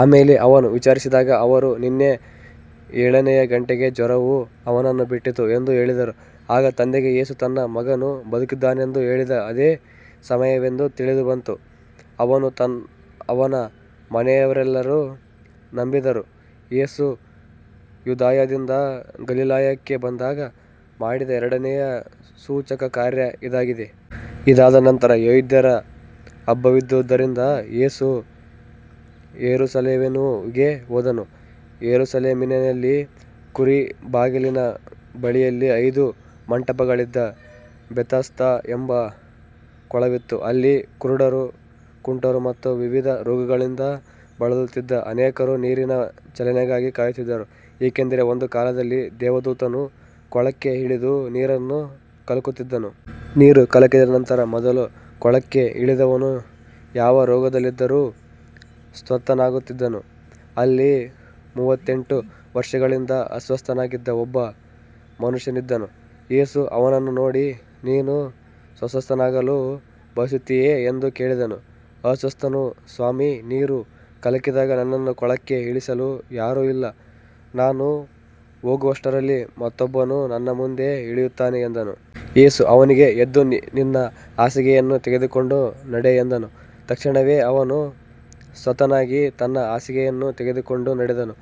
ಆಮೇಲೆ ಅವನು ವಿಚಾರಿಸಿದಾಗ ಅವರು, ನಿನ್ನೆ ಏಳನೆಯ ಗಂಟೆಗೆ ಜ್ವರವು ಅವನನ್ನು ಬಿಟ್ಟಿತು ಎಂದು ಹೇಳಿದರು. ಆಗ ತಂದೆಗೆ ಯೇಸು ತನ್ನ ಮಗನು ಬದುಕಿದ್ದಾನೆಂದು ಹೇಳಿದ ಅದೇ ಸಮಯವೆಂದು ತಿಳಿದುಬಂತು. ಅವನೂ ಅವನ ಮನೆಯವರೆಲ್ಲರೂ ನಂಬಿದರು. ಯೇಸು ಯೂದಾಯದಿಂದ ಗಲಿಲಾಯಕ್ಕೆ ಬಂದಾಗ ಮಾಡಿದ ಎರಡನೆಯ ಸೂಚಕಕಾರ್ಯ ಇದಾಗಿದೆ. ಇದಾದ ನಂತರ ಯೆಹೂದ್ಯರ ಹಬ್ಬವಿದ್ದುದರಿಂದ ಯೇಸು ಯೆರೂಸಲೇಮಿಗೆ ಹೋದನು. ಯೆರೂಸಲೇಮಿನಲ್ಲಿ ಕುರಿ ಬಾಗಿಲಿನ ಬಳಿಯಲ್ಲಿ ಐದು ಮಂಟಪಗಳಿದ್ದ ಬೆಥೆಸ್ದಾ ಎಂಬ ಕೊಳವಿತ್ತು. ಅಲ್ಲಿ ಕುರುಡರು, ಕುಂಟರು ಮತ್ತು ವಿವಿಧ ರೋಗಗಳಿಂದ ಬಳಲುತ್ತಿದ್ದ ಅನೇಕರು ನೀರಿನ ಚಲನೆಗಾಗಿ ಕಾಯುತ್ತಿದ್ದರು. ಏಕೆಂದರೆ ಒಂದು ಕಾಲದಲ್ಲಿ ದೇವದೂತನು ಕೊಳಕ್ಕೆ ಇಳಿದು ನೀರನ್ನು ಕಲಕುತ್ತಿದ್ದನು. ನೀರು ಕಲಕಿದ ನಂತರ ಮೊದಲು ಕೊಳಕ್ಕೆ ಇಳಿದವನು ಯಾವ ರೋಗದಲ್ಲಿದ್ದರೂ ಸ್ವಸ್ಥನಾಗುತ್ತಿದ್ದನು. ಅಲ್ಲಿ ಮೂವತ್ತೆಂಟು ವರ್ಷಗಳಿಂದ ಅಸ್ವಸ್ಥನಾಗಿದ್ದ ಒಬ್ಬ ಮನುಷ್ಯನಿದ್ದನು. ಯೇಸು ಅವನನ್ನು ನೋಡಿ, ನೀನು ಸ್ವಸ್ಥನಾಗಲು ಬಯಸುತ್ತೀಯೋ ಎಂದು ಕೇಳಿದನು. ಅಸ್ವಸ್ಥನು, ಸ್ವಾಮೀ, ನೀರು ಕಲಕಿದಾಗ ನನ್ನನ್ನು ಕೊಳಕ್ಕೆ ಇಳಿಸಲು ಯಾರೂ ಇಲ್ಲ. ನಾನು ಹೋಗುವಷ್ಟರಲ್ಲಿ ಮತ್ತೊಬ್ಬನು ನನ್ನ ಮುಂದೆ ಇಳಿಯುತ್ತಾನೆ ಎಂದನು. ಯೇಸು ಅವನಿಗೆ, ಎದ್ದು ನಿನ್ನ ಹಾಸಿಗೆಯನ್ನು ತೆಗೆದುಕೊಂಡು ನಡೆ ಎಂದನು. ತಕ್ಷಣವೇ ಅವನು ಸ್ವಸ್ಥನಾಗಿ ತನ್ನ ಹಾಸಿಗೆಯನ್ನು ತೆಗೆದುಕೊಂಡು ನಡೆದನು.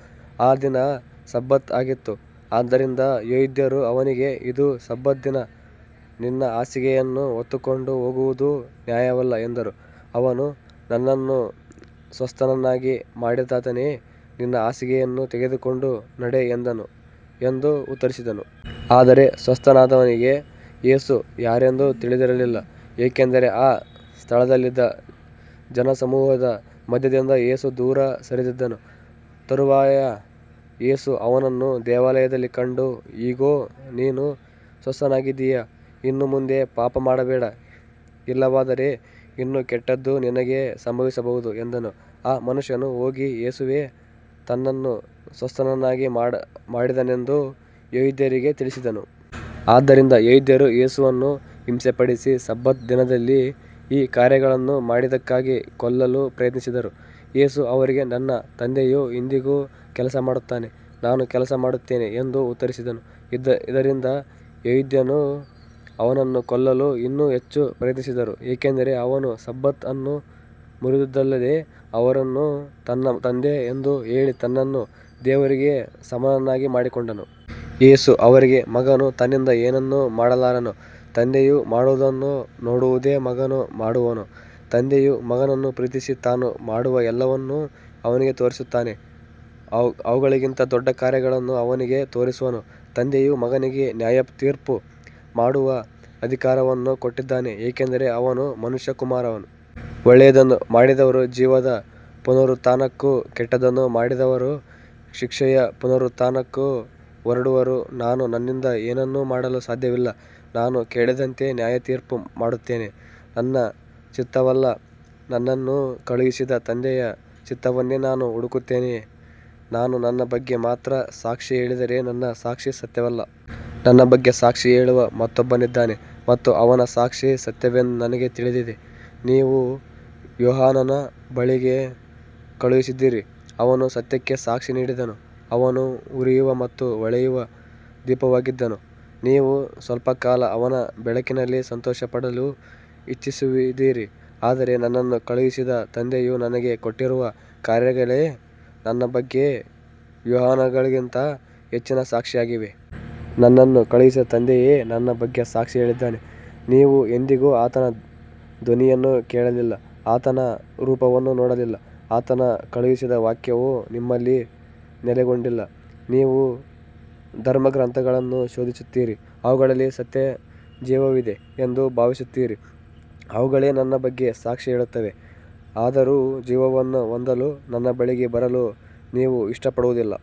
ಆ ದಿನ ಸಬ್ಬತ್ ಆಗಿತ್ತು. ಆದ್ದರಿಂದ ಯೆಹೂದ್ಯರು ಅವನಿಗೆ, ಇದು ಸಬ್ಬತ್ ದಿನ, ನಿನ್ನ ಹಾಸಿಗೆಯನ್ನು ಹೊತ್ತುಕೊಂಡು ಹೋಗುವುದು ನ್ಯಾಯವಲ್ಲ ಎಂದರು. ಅವನು, ನನ್ನನ್ನು ಸ್ವಸ್ಥನನ್ನಾಗಿ ಮಾಡಿದಾತನೇ ನಿನ್ನ ಹಾಸಿಗೆಯನ್ನು ತೆಗೆದುಕೊಂಡು ನಡೆ ಎಂದನು ಎಂದು ಉತ್ತರಿಸಿದನು. ಆದರೆ ಸ್ವಸ್ಥನಾದವನಿಗೆ ಯೇಸು ಯಾರೆಂದು ತಿಳಿದಿರಲಿಲ್ಲ, ಏಕೆಂದರೆ ಆ ಸ್ಥಳದಲ್ಲಿದ್ದ ಜನಸಮೂಹದ ಮಧ್ಯದಿಂದ ಯೇಸು ದೂರ ಸರಿದಿದ್ದನು. ತರುವಾಯ ಯೇಸು ಅವನನ್ನು ದೇವಾಲಯದಲ್ಲಿ ಕಂಡು, ಇಗೋ, ನೀನು ಸ್ವಸ್ಥನಾಗಿದ್ದೀಯ, ಇನ್ನು ಮುಂದೆ ಪಾಪ ಮಾಡಬೇಡ, ಇಲ್ಲವಾದರೆ ಇನ್ನೂ ಕೆಟ್ಟದ್ದು ನಿನಗೆ ಸಂಭವಿಸಬಹುದು ಎಂದನು. ಆ ಮನುಷ್ಯನು ಹೋಗಿ ಯೇಸುವೇ ತನ್ನನ್ನು ಸ್ವಸ್ಥನನ್ನಾಗಿ ಮಾಡಿದನೆಂದು ಯೆಹೂದ್ಯರಿಗೆ ತಿಳಿಸಿದನು. ಆದ್ದರಿಂದ ಯೆಹೂದ್ಯರು ಯೇಸುವನ್ನು ಹಿಂಸೆಪಡಿಸಿ ಸಬ್ಬತ್ ದಿನದಲ್ಲಿ ಈ ಕಾರ್ಯಗಳನ್ನು ಮಾಡಿದ್ದಕ್ಕಾಗಿ ಕೊಲ್ಲಲು ಪ್ರಯತ್ನಿಸಿದರು. ಯೇಸು ಅವರಿಗೆ, ನನ್ನ ತಂದೆಯು ಇಂದಿಗೂ ಕೆಲಸ ಮಾಡುತ್ತಾನೆ, ನಾನೂ ಕೆಲಸ ಮಾಡುತ್ತೇನೆ ಎಂದು ಉತ್ತರಿಸಿದನು. ಇದರಿಂದ ಯೆಹೂದ್ಯರು ಅವನನ್ನು ಕೊಲ್ಲಲು ಇನ್ನೂ ಹೆಚ್ಚು ಪ್ರಯತ್ನಿಸಿದರು, ಏಕೆಂದರೆ ಅವನು ಸಬ್ಬತ್ ಅನ್ನು ಮುರಿದುದಲ್ಲದೆ ದೇವರನ್ನು ತನ್ನ ತಂದೆ ಎಂದು ಹೇಳಿ ತನ್ನನ್ನು ದೇವರಿಗೆ ಸಮಾನನನ್ನಾಗಿ ಮಾಡಿಕೊಂಡನು. ಯೇಸು ಅವರಿಗೆ, ಮಗನು ತನ್ನಿಂದ ಏನನ್ನೂ ಮಾಡಲಾರನು. ತಂದೆಯು ಮಾಡುವುದನ್ನು ನೋಡುವುದೇ ಮಗನು ಮಾಡುವನು. ತಂದೆಯು ಮಗನನ್ನು ಪ್ರೀತಿಸಿ ತಾನು ಮಾಡುವ ಎಲ್ಲವನ್ನೂ ಅವನಿಗೆ ತೋರಿಸುತ್ತಾನೆ. ಇವುಗಳಿಗಿಂತ ದೊಡ್ಡ ಕಾರ್ಯಗಳನ್ನೂ ಅವನಿಗೆ ತೋರಿಸುವನು. ತಂದೆಯು ಮಗನಿಗೆ ನ್ಯಾಯತೀರ್ಪು ಮಾಡುವ ಅಧಿಕಾರವನ್ನೂ ಕೊಟ್ಟಿದ್ದಾನೆ, ಏಕೆಂದರೆ ಅವನು ಮನುಷ್ಯಕುಮಾರನು. ಒಳ್ಳೆಯದನ್ನು ಮಾಡಿದವರು ಜೀವದ ಪುನರುತ್ಥಾನಕ್ಕೂ ಕೆಟ್ಟದ್ದನ್ನು ಮಾಡಿದವರು ಶಿಕ್ಷೆಯ ಪುನರುತ್ಥಾನಕ್ಕೂ ಹೊರಡುವರು. ನಾನು ನನ್ನಿಂದ ಏನನ್ನೂ ಮಾಡಲು ಸಾಧ್ಯವಿಲ್ಲ. ನಾನು ಕೇಳಿದಂತೆ ನ್ಯಾಯತೀರ್ಪು ಮಾಡುತ್ತೇನೆ. ನನ್ನ ಚಿತ್ತವಲ್ಲ, ನನ್ನನ್ನು ಕಳುಹಿಸಿದ ತಂದೆಯ ಚಿತ್ತವನ್ನೇ ನಾನು ಹುಡುಕುತ್ತೇನೆ. ನಾನು ನನ್ನ ಬಗ್ಗೆ ಮಾತ್ರ ಸಾಕ್ಷಿ ಹೇಳಿದರೆ ನನ್ನ ಸಾಕ್ಷಿ ಸತ್ಯವಲ್ಲ. ನನ್ನ ಬಗ್ಗೆ ಸಾಕ್ಷಿ ಹೇಳುವ ಮತ್ತೊಬ್ಬನಿದ್ದಾನೆ ಮತ್ತು ಅವನ ಸಾಕ್ಷಿ ಸತ್ಯವೆಂದು ನನಗೆ ತಿಳಿದಿದೆ. ನೀವು ಯೋಹಾನನ ಬಳಿಗೆ ಕಳುಹಿಸಿದ್ದೀರಿ, ಅವನು ಸತ್ಯಕ್ಕೆ ಸಾಕ್ಷಿ ನೀಡಿದನು. ಅವನು ಉರಿಯುವ ಮತ್ತು ಹೊಳೆಯುವ ದೀಪವಾಗಿದ್ದನು, ನೀವು ಸ್ವಲ್ಪಕಾಲ ಅವನ ಬೆಳಕಿನಲ್ಲಿ ಸಂತೋಷಪಡಲು ಇಚ್ಛಿಸಿದ್ದಿರಿ. ಆದರೆ ನನ್ನನ್ನು ಕಳುಹಿಸಿದ ತಂದೆಯು ನನಗೆ ಕೊಟ್ಟಿರುವ ಕಾರ್ಯಗಳೇ ನನ್ನ ಬಗ್ಗೆ ಯೋಹಾನನಿಗಿಂತ ಹೆಚ್ಚಿನ ಸಾಕ್ಷಿಯಾಗಿವೆ. ನನ್ನನ್ನು ಕಳುಹಿಸಿದ ತಂದೆಯೇ ನನ್ನ ಬಗ್ಗೆ ಸಾಕ್ಷಿ ಹೇಳಿದ್ದಾನೆ. ನೀವು ಎಂದಿಗೂ ಆತನ ಧ್ವನಿಯನ್ನು ಕೇಳಲಿಲ್ಲ, ಆತನ ರೂಪವನ್ನು ನೋಡಲಿಲ್ಲ. ಆತನು ಕಳುಹಿಸಿದ ವಾಕ್ಯವು ನಿಮ್ಮಲ್ಲಿ ನೆಲೆಗೊಂಡಿಲ್ಲ. ನೀವು ಧರ್ಮಗ್ರಂಥಗಳನ್ನು ಶೋಧಿಸುತ್ತೀರಿ, ಅವುಗಳಲ್ಲಿ ನಿತ್ಯಜೀವವಿದೆ ಎಂದು ಭಾವಿಸುತ್ತೀರಿ. ಅವುಗಳೇ ನನ್ನ ಬಗ್ಗೆ ಸಾಕ್ಷಿ ಹೇಳುತ್ತವೆ, ಆದರೂ ಜೀವವನ್ನು ಹೊಂದಲು ನನ್ನ ಬಳಿಗೆ ಬರಲು ನೀವು ಇಷ್ಟಪಡುವುದಿಲ್ಲ.